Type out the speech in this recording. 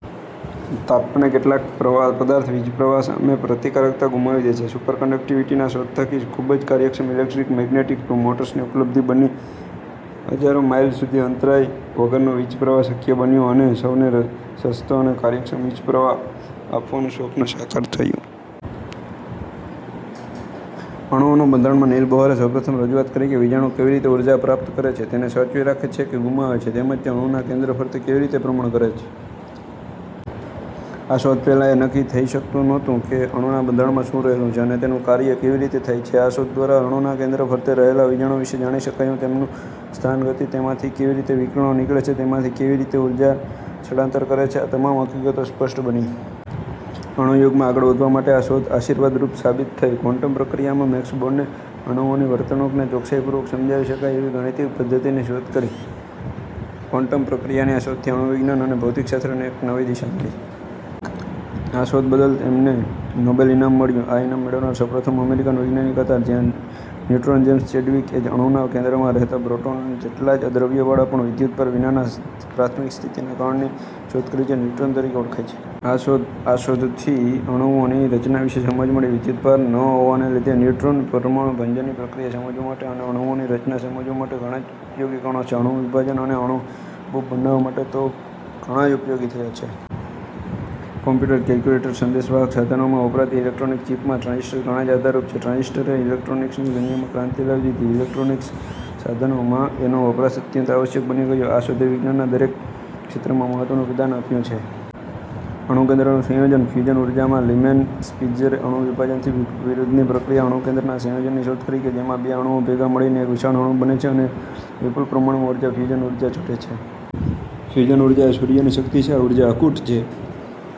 તાપમાને કેટલાક પદાર્થ વીજપ્રવાહ સામે પ્રતિકારકતા ગુમાવી દે છે. સુપર કંડકટીવીટીની શોધ થકી ખુબ જ કાર્યક્ષમ ઇલેક્ટ્રિક અને મેગ્નેટિક મોટર્સની ઉપલબ્ધી શક્ય બની. હજારો માઈલ સુધી અંતરાય વગરનો વીજપ્રવાહ શક્ય બન્યો અને સૌને સસ્તો અને કાર્યક્ષમ વીજપ્રવાહ આપવાનું સ્વપ્ન સાકાર થયું. અણુઓનું બંધારણ માં નીલ બોહરએ સૌપ્રથમ રજૂઆત કરી કે વિજાણુ કેવી રીતે ઊર્જા પ્રાપ્ત કરે છે, તેને સાચવી રાખે છે કે ગુમાવે છે તેમજ તે અણુના કેન્દ્ર ફરતે કેવી રીતે પરિભ્રમણ કરે છે. આ શોધ પહેલાં એ નક્કી થઇ શકતું નહોતું કે અણુના બંધારણમાં શું રહેલું છે અને તેનું કાર્ય કેવી રીતે થાય છે. આ શોધ દ્વારા અણુના કેન્દ્ર ફરતે રહેલા વિજાણુ વિષે જાણી શકાયું. તેમનું સ્થાન, ગતિ, તેમાંથી કેવી રીતે વિકિરણો નીકળે છે, તેમાંથી કેવી રીતે ઊર્જા સ્થળાંતર કરે છે આ તમામ હકીકતો સ્પષ્ટ બની. અણુયુગમાં આગળ વધવા માટે આ શોધ આશીર્વાદરૂપ સાબિત થઇ. ક્વોન્ટમ પ્રક્રિયા માં મેક્સ બોર્નએ અણુઓની વર્તણુકને ચોકસાઈપૂર્વક સમજાવી શકાય એવી ગાણિતિક પધ્ધતિની શોધ કરી. ક્વોન્ટમ પ્રક્રિયાની આ શોધથી અણુવિજ્ઞાન અને ભૌતિકશાસ્ત્રને એક નવી જ દિશા મળી. આ શોધ બદલ એમને પ્રખ્યાત નોબેલ ઇનામ મળ્યું. આ ઇનામ મેળવનાર તે સૌપ્રથમ અમેરિકન વૈજ્ઞાનિક હતા. ન્યુટ્રોન જેમ્સ ચેડવિકએ અણુના કેન્દ્રમાં રહેતા પ્રોટૉન જેટલા જ દ્રવ્યવાળા પણ વિદ્યુતભાર વિનાના પ્રાથમિક સ્થિતિના કણની શોધ કરી જે ન્યુટ્રોન તરીકે ઓળખાય છે. આ શોધથી અણુઓની રચના વિષે સમજ મળી. વિદ્યુતભાર ન હોવાને લીધે ન્યુટ્રોન, પરમાણુભંજનની પ્રક્રિયા સમજવા માટે અને અણુઓની રચના સમજવા માટે ઘણા જ ઉપયોગી કણો છે. અણુ વિભાજન અને અણુ બોમ્બ બનાવવા માટે તે ઘણા જ ઉપયોગી થયા છે. કોમ્પ્યુટર, કેલ્ક્યુલેટર, સંદેશવાહક સાધનોમાં વપરાતી ઈલેક્ટ્રોનિક ચીપમાં ટ્રાન્ઝીસ્ટર ઘણા જ આધારરૂપ છે. ટ્રાન્ઝીસ્ટરએ ઈલેક્ટ્રોનિકસની દુનિયામાં ક્રાંતિ લાવી દીધી. ઈલેક્ટ્રોનિકસ સાધનોમાં એનો વપરાશ અત્યંત આવશ્યક બની ગયો. આ શોધે વિજ્ઞાનના દરેક ક્ષેત્રમાં મહત્વનું પ્રદાન આપ્યું છે. અણુકેન્દ્રનું સંયોજન ફ્યુઝન ઊર્જા માં લીમેન સ્પીત્ઝરએ અણુવિભાજનથી વિરુદ્ધની પ્રક્રિયા અણુકેન્દ્રના સંયોજનની શોધ કરી કે જેમાં બે અણુઓ ભેગા મળીને એક વિશાળ અણુ બને છે અને વિપુલ પ્રમાણમાં ઊર્જા ફ્યુઝન ઊર્જા છૂટે છે. ફ્યુઝન ઊર્જા એ સૂર્યની શક્તિ છે. આ ઊર્જા અખૂટ છે।